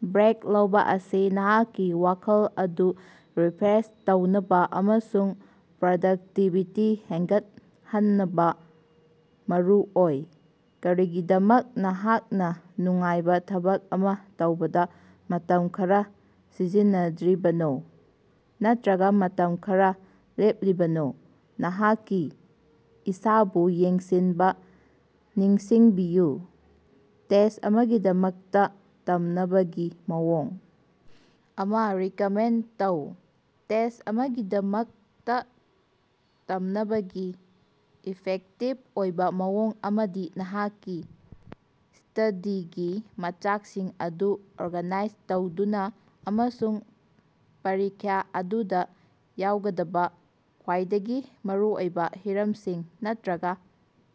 Break ꯂꯧꯕꯥ ꯑꯁꯤ ꯅꯍꯥꯛꯀꯤ ꯋꯥꯈꯜ ꯑꯗꯨ ꯔꯤꯐ꯭ꯔꯦꯁ ꯇꯧꯅꯕꯥ ꯑꯃꯁꯨꯡ ꯄ꯭ꯔꯗꯛꯇꯤꯕꯤꯇꯤ ꯍꯦꯟꯒꯠꯍꯟꯅꯕ ꯃꯔꯨꯑꯣꯏ꯫ ꯀꯔꯤꯒꯤꯗꯃꯛ ꯅꯍꯥꯛꯅ ꯅꯨꯡꯉꯥꯏꯕ ꯊꯕꯛ ꯑꯃ ꯇꯧꯕꯗ ꯃꯇꯝ ꯈꯔ ꯁꯤꯖꯤꯟꯅꯗ꯭ꯔꯤꯕꯅꯣ ꯅꯠꯇꯔꯒ ꯃꯇꯝ ꯈꯔ ꯂꯦꯞꯂꯤꯕꯅꯣ? ꯅꯍꯥꯛꯀꯤ ꯏꯁꯥꯕꯨ ꯌꯦꯡꯁꯤꯟꯕ ꯅꯤꯡꯁꯤꯡꯕꯤꯌꯨ! ꯇꯦꯁ꯭ꯠ ꯑꯃꯒꯤꯗꯃꯛꯇ ꯇꯝꯅꯕꯒꯤ ꯃꯑꯣꯡ ꯑꯃꯥ ꯔꯤꯀꯃꯦꯟꯗ ꯇꯧ꯫ ꯇꯦꯁ꯭ꯠ ꯑꯃꯒꯤꯗꯃꯛꯇ ꯇꯝꯅꯕꯒꯤ ꯏꯐꯦꯛꯇꯤꯚ ꯑꯣꯏꯕ ꯃꯑꯣꯡ ꯑꯃꯗꯤ ꯅꯍꯥꯛꯀꯤ ꯁ꯭ꯇꯗꯤꯒꯤ ꯃꯆꯥꯛꯁꯤꯡ ꯑꯗꯨ ꯑꯣꯔꯒꯥꯅꯥꯏꯖ ꯇꯧꯗꯨꯅ ꯑꯃꯁꯨꯡ ꯄꯔꯤꯈꯥ ꯑꯗꯨꯗ ꯌꯥꯎꯒꯗꯕ ꯈ꯭ꯋꯥꯏꯗꯒꯤ ꯃꯔꯨꯑꯣꯏꯕ ꯍꯤꯔꯝꯁꯤꯡ ꯅꯠꯇꯔꯒ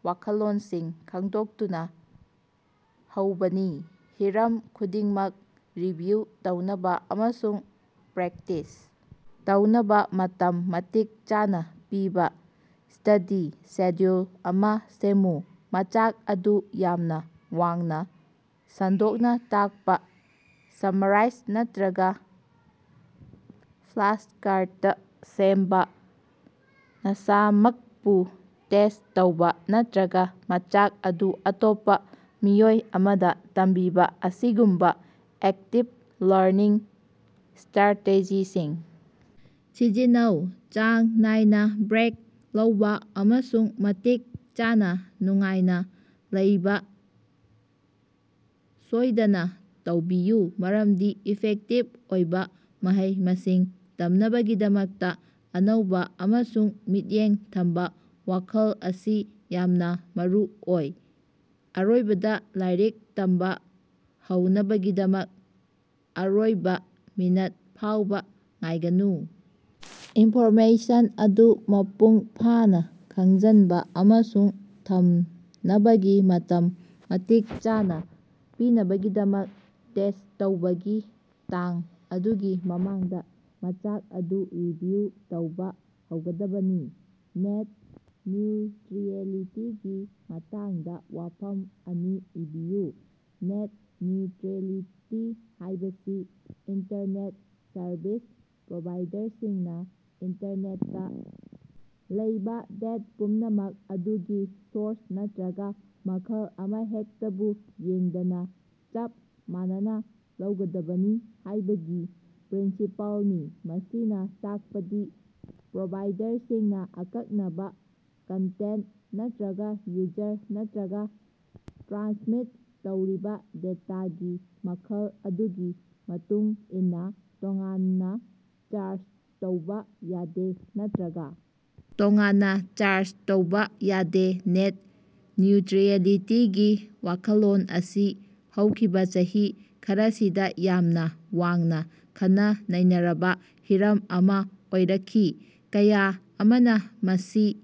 ꯋꯥꯈꯜꯂꯣꯟꯁꯤꯡ ꯈꯪꯗꯣꯛꯇꯨꯅ ꯍꯧꯕꯅꯤ꯫ ꯍꯤꯔꯝ ꯈꯨꯗꯤꯡꯃꯛ ꯔꯤꯚꯤꯌꯨ ꯇꯧꯅꯕ ꯑꯃꯁꯨꯡ ꯄ꯭ꯔꯦꯛꯇꯤꯁ ꯇꯧꯅꯕ ꯃꯇꯝ ꯃꯇꯤꯛ ꯆꯥꯅ ꯄꯤꯕ ꯁ꯭ꯇꯗꯤ ꯁꯦꯗ꯭ꯌꯨꯜ ꯑꯃ ꯁꯦꯝꯃꯨ꯫ ꯃꯆꯥꯛ ꯑꯗꯨ ꯌꯥꯝꯅ ꯋꯥꯅ ꯁꯟꯗꯣꯛꯅ ꯇꯥꯛꯄ, ꯁꯝꯃꯔꯥ꯭ꯏꯖ ꯅꯠꯇꯔꯒ ꯐ꯭ꯂꯥꯁꯀꯥ꯭ꯔꯗ ꯁꯦꯝꯕ, ꯃꯁꯥꯃꯛꯄꯨ ꯇꯦꯁ꯭ꯠ ꯇꯧꯕꯥ, ꯅꯠꯇꯔꯒ ꯃꯆꯥꯛ ꯑꯗꯨ ꯑꯇꯣꯞꯄ ꯃꯤꯑꯣꯏ ꯑꯃꯗ ꯇꯝꯕꯤꯕ ꯑꯁꯤꯒꯨꯝꯕ ꯑꯦꯛꯇꯤꯚ ꯂꯔꯅꯤꯡ ꯁ꯭ꯇꯔꯥꯇꯦꯖꯤꯁꯤꯡ ꯁꯤꯖꯤꯟꯅꯧ꯫ ꯆꯥꯡ ꯅꯥꯏꯅ ꯕ꯭ꯔꯦꯛ ꯂꯧꯕ ꯑꯃꯁꯨꯡ ꯃꯇꯤꯛ ꯆꯥꯅꯥ ꯅꯨꯡꯉꯥꯏꯅ ꯂꯩꯕ ꯁꯣꯏꯗꯅ ꯇꯧꯕꯤꯌꯨ, ꯃꯔꯝꯗꯤ ꯏꯐꯦꯛꯇꯤꯚ ꯑꯣꯏꯕ ꯃꯍꯩ-ꯃꯁꯤꯡ ꯇꯝꯅꯕꯒꯤꯗꯃꯛꯇ ꯑꯅꯧꯕ ꯑꯃꯁꯨꯡ ꯃꯤꯠꯌꯦꯡ ꯊꯝꯕ ꯋꯥꯈꯜ ꯑꯁꯤ ꯌꯥꯝꯅ ꯃꯔꯨꯑꯣꯏ꯫ ꯑꯔꯣꯏꯕꯗ, ꯂꯥꯏꯔꯤꯛ ꯇꯝꯕ ꯍꯧꯅꯕꯒꯤꯗꯃꯛ ꯑꯔꯣꯏꯕ ꯃꯤꯅꯤꯠ ꯐꯥꯎꯕꯥ ꯉꯥꯏꯒꯅꯨ; ꯏꯟꯐꯣꯔꯃꯦꯁꯟ ꯑꯗꯨ ꯃꯄꯨꯡꯐꯥꯅ ꯈꯪꯖꯤꯟꯕ ꯑꯃꯁꯨꯡ ꯊꯝꯅꯕꯒꯤ ꯃꯇꯝ ꯃꯇꯤꯛ ꯆꯥꯅ ꯄꯤꯅꯕꯒꯤꯗꯃꯛ ꯇꯦꯁ꯭ꯠ ꯇꯧꯕꯒꯤ ꯇꯥꯡ ꯑꯗꯨꯒꯤ ꯃꯃꯥꯡꯗ ꯃꯆꯥꯛ ꯑꯗꯨ ꯔꯤꯚꯤꯌꯨ ꯇꯧꯕ ꯍꯧꯒꯗꯕꯅꯤ꯫ ꯅꯦꯠ ꯅ꯭ꯌꯨꯇꯔꯤꯑꯦꯂꯤꯇꯤꯒꯤ ꯃꯇꯥꯡꯗ ꯋꯥꯐꯝ ꯑꯅꯤ ꯏꯕꯤꯌꯨ꯫ ꯅꯦꯠ ꯅ꯭ꯌꯨꯇꯔꯤꯑꯦꯂꯤꯇꯤ ꯍꯥꯏꯕꯁꯤ ꯏꯟꯇꯔꯅꯦꯠ ꯁꯔꯚꯤꯁ ꯄ꯭ꯔꯣꯚꯥꯏꯗꯔꯁꯤꯡꯅ ꯏꯟꯇꯔꯅꯦꯠꯇ ꯂꯩꯕ ꯗꯦꯠ ꯄꯨꯝꯅꯃꯛ, ꯃꯗꯨꯒꯤ ꯁꯣꯔꯁ ꯅꯠꯇꯔꯒ ꯃꯈꯜ ꯑꯃꯍꯦꯛꯇꯕꯨ ꯌꯦꯡꯗꯅ ꯆꯞ ꯃꯥꯟꯅꯅ ꯂꯧꯒꯗꯕꯅꯤ ꯍꯥꯏꯕꯒꯤ ꯄ꯭ꯔꯤꯟꯁꯤꯄꯜꯅꯤ꯫ ꯃꯁꯤꯅ ꯇꯥꯛꯄꯗꯤ ꯄ꯭ꯔꯣꯚꯥꯏꯗꯔꯁꯤꯡꯅ ꯑꯀꯛꯅꯕ ꯀꯟꯇꯦꯟꯠ ꯅꯠꯇꯔꯒꯥ ꯌꯨꯖꯔ ꯅꯠꯇꯔꯒ ꯇ꯭ꯔꯥꯟꯁꯃꯤꯠ ꯇꯧꯔꯤꯕ ꯗꯦꯇꯥꯒꯤ ꯃꯈꯜ ꯑꯗꯨꯒꯤ ꯃꯇꯨꯡꯏꯟꯅ ꯇꯣꯉꯥꯟꯅ ꯆꯥ꯭ꯔꯖ ꯇꯧꯕ ꯌꯥꯗꯦ ꯅꯠꯇꯔꯒ ꯇꯣꯉꯥꯟꯅ ꯆꯥ꯭ꯔꯖ ꯇꯧꯕꯥ ꯌꯥꯗꯦ꯫ ꯅꯦꯠ ꯅ꯭ꯌꯨꯇꯔꯤꯑꯦꯂꯤꯇꯤꯒꯤ ꯋꯥꯈꯜꯂꯣꯟ ꯑꯁꯤ ꯍꯧꯈꯤꯕ ꯆꯍꯤ ꯈꯔꯁꯤꯗ ꯌꯥꯝꯅ ꯋꯥꯅꯥ ꯈꯟꯅ-ꯅꯩꯅꯔꯕ ꯍꯤꯔꯝ ꯑꯃ ꯑꯣꯏꯔꯛꯈꯤ, ꯀꯌꯥ ꯑꯃꯅ ꯃꯁꯤ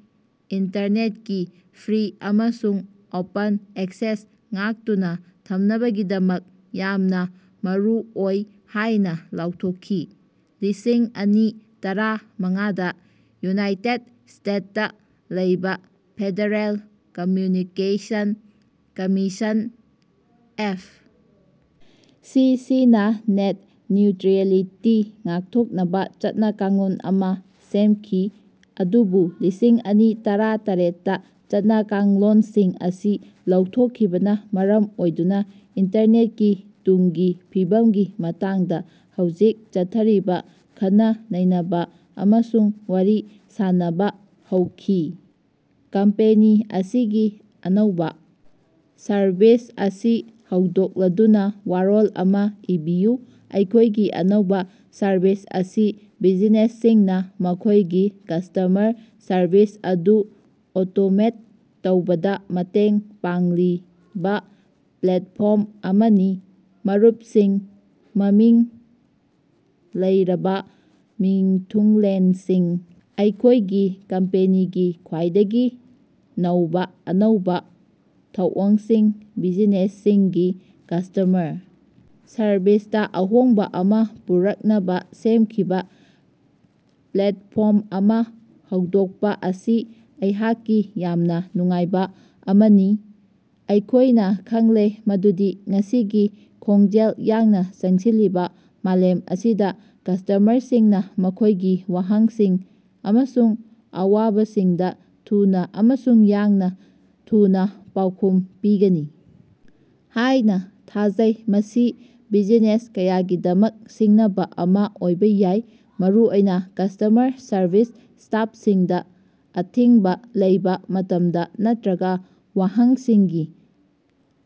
ꯏꯟꯇꯔꯅꯦꯠꯀꯤ ꯐ꯭ꯔꯤ ꯑꯃꯁꯨꯡ ꯑꯣꯄꯟ ꯑꯦꯛꯁꯦꯁ ꯉꯥꯛꯇꯨꯅ ꯊꯝꯅꯕꯒꯤꯗꯃꯛ ꯌꯥꯝꯅ ꯃꯔꯨꯑꯣꯏ ꯍꯥꯏꯅ ꯂꯥꯎꯊꯣꯛꯈꯤ꯫ ꯂꯤꯁꯤꯡ ꯑꯅꯤ ꯇꯔꯥ ꯃꯉꯥꯗꯥ ꯌꯨꯅꯥꯏꯇꯦꯠ ꯁ꯭ꯇꯦꯠꯁꯇ ꯂꯩꯕꯥ ꯐꯦꯗꯔꯦꯜ ꯀꯝꯃ꯭ꯌꯨꯅꯤꯀꯦꯁꯟ ꯀꯝꯃꯤꯁꯟ (ꯑꯦꯐ. ꯁꯤ. ꯁꯤ.)ꯅꯥ ꯅꯦꯠ ꯅ꯭ꯌꯨꯇꯔꯤꯑꯦꯂꯤꯇꯤ ꯉꯥꯛꯊꯣꯛꯅꯕ ꯆꯠꯅ-ꯀꯥꯡꯂꯣꯟ ꯑꯃ ꯁꯦꯝꯈꯤ, ꯑꯗꯨꯕꯨ ꯂꯤꯁꯤꯡ ꯑꯅꯤ ꯇꯔꯥ ꯇꯔꯦꯠ ꯇ ꯆꯠꯅ-ꯀꯥꯡꯂꯣꯟꯁꯤꯡ ꯑꯁꯤ ꯂꯧꯊꯣꯛꯈꯤꯕꯅ ꯃꯔꯝ ꯑꯣꯏꯗꯨꯅ ꯏꯟꯇꯔꯅꯦꯠꯀꯤ ꯇꯨꯡꯒꯤ ꯐꯤꯕꯝꯒꯤ ꯃꯇꯥꯡꯗ ꯍꯧꯖꯤꯛ ꯆꯠꯊꯔꯤꯕ ꯈꯟꯅ-ꯅꯩꯅꯕ ꯑꯃꯁꯨꯡ ꯋꯥꯔꯤ ꯁꯥꯅꯕ ꯍꯧꯈꯤ꯫ ꯀꯝꯄꯦꯅꯤ ꯑꯁꯤꯒꯤ ꯑꯅꯧꯕ ꯁꯔꯕꯤꯁ ꯑꯁꯤ ꯍꯧꯗꯣꯛꯂꯗꯨꯅ ꯋꯥꯔꯣꯜ ꯑꯃꯥ ꯏꯕꯤꯌꯨ꯫ ꯑꯩꯈꯣꯏꯒꯤ ꯑꯅꯧꯕ ꯁꯔꯕꯤꯁ ꯑꯁꯤ ꯕꯤꯖꯤꯅꯦꯁꯁꯤꯡꯅ ꯃꯈꯣꯏꯒꯤ ꯀꯁ꯭ꯇꯃꯔ ꯁꯔꯕꯤꯁ ꯑꯗꯨ ꯑꯣꯇꯣꯃꯦꯠ ꯇꯧꯕꯗ ꯃꯇꯦꯡ ꯄꯥꯡꯂꯤꯕ ꯄ꯭ꯂꯦꯠꯐ꯭ꯣꯔꯝ ꯑꯃꯅꯤ꯫ ꯃꯔꯨꯞꯁꯤꯡ, ꯃꯃꯤꯡ ꯂꯩꯔꯕ ꯃꯤꯊꯨꯡꯂꯦꯟꯁꯤꯡ, ꯑꯩꯈꯣꯏꯒꯤ ꯀꯝꯄꯦꯅꯤꯒꯤ ꯈ꯭ꯋꯥꯏꯗꯒꯤ ꯅꯧꯕ ꯑꯅꯧꯕ ꯊꯧꯑꯣꯡꯁꯤꯡ- ꯕꯤꯖꯤꯅꯦꯁꯁꯤꯡꯒꯤ ꯀ꯭ꯁꯇꯃꯔ ꯁꯔꯕꯤꯁꯇ ꯑꯍꯣꯡꯕ ꯑꯃ ꯄꯨꯔꯛꯅꯕ ꯁꯦꯝꯈꯤꯕ ꯄ꯭ꯂꯦꯠꯐ꯭ꯣꯔꯝ ꯑꯃ ꯍꯧꯗꯣꯛꯄ ꯑꯁꯤ ꯑꯩꯍꯥꯛꯀꯤ ꯌꯥꯝꯅ ꯅꯨꯡꯉꯥꯏꯕ ꯑꯃꯅꯤ꯫ ꯑꯩꯈꯣꯏꯅꯥ ꯈꯪꯂꯦ ꯃꯗꯨꯗꯤ ꯉꯁꯤꯒꯤ ꯈꯣꯡꯖꯦꯜ ꯌꯥꯡꯅ ꯆꯪꯁꯤꯜꯂꯤꯕ ꯃꯥꯂꯦꯝ ꯑꯁꯤꯗ ꯀ꯭ꯁꯇꯃꯔꯁꯤꯡꯅ ꯃꯈꯣꯏꯒꯤ ꯋꯥꯍꯪꯁꯤꯡ ꯑꯃꯁꯨꯡ ꯑꯋꯥꯕꯁꯤꯡꯗ ꯊꯨꯅꯥ ꯑꯃꯁꯨꯡ ꯌꯥꯡꯅ ꯊꯨꯅ ꯄꯥꯎꯈꯨꯝ ꯄꯤꯒꯅꯤ ꯍꯥꯏꯅ ꯊꯥꯖꯩ꯫ ꯃꯁꯤ ꯕꯤꯖꯤꯅꯦꯁ ꯀꯌꯥꯒꯤꯗꯃꯛ ꯁꯤꯡꯅꯕ ꯑꯃ ꯑꯣꯏꯕ ꯌꯥꯏ, ꯃꯔꯨꯑꯣꯏꯅ ꯀ꯭ꯁꯇꯃꯔ ꯁꯔꯕꯤꯁ ꯁ꯭ꯇꯥꯐꯁꯤꯡꯗ ꯑꯊꯤꯡꯕ ꯂꯩꯕ ꯃꯇꯝꯗ ꯅꯠꯇꯔꯒ ꯋꯥꯍꯪꯁꯤꯡꯒꯤ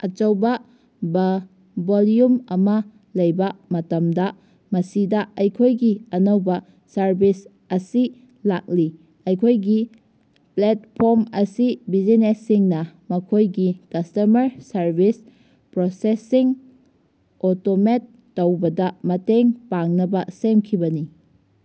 ꯑꯆꯧꯕꯕꯚꯣꯜꯌꯨꯝ ꯑꯃ ꯂꯩꯕ ꯃꯇꯝꯗ꯫ ꯃꯁꯤꯗꯥ ꯑꯩꯈꯣꯏꯒꯤ ꯑꯅꯧꯕ ꯁꯔꯕꯤꯁ ꯑꯁꯤ ꯂꯥꯛꯂꯤ, ꯑꯩꯈꯣꯏꯒꯤ ꯄ꯭ꯂꯦꯠꯐ꯭ꯣꯔꯝ ꯑꯁꯤ ꯕꯤꯖꯤꯅꯦꯁꯁꯤꯡꯅ ꯃꯈꯣꯏꯒꯤ ꯀ꯭ꯁꯇꯃꯔ ꯁꯔꯕꯤꯁ ꯄ꯭ꯔꯣꯁꯦꯁꯁꯤꯡ ꯑꯣꯇꯣꯃꯦꯠ ꯇꯧꯕꯗ ꯃꯇꯦꯡ ꯄꯥꯡꯅꯕ ꯁꯦꯝꯈꯤꯕꯅꯤ꯫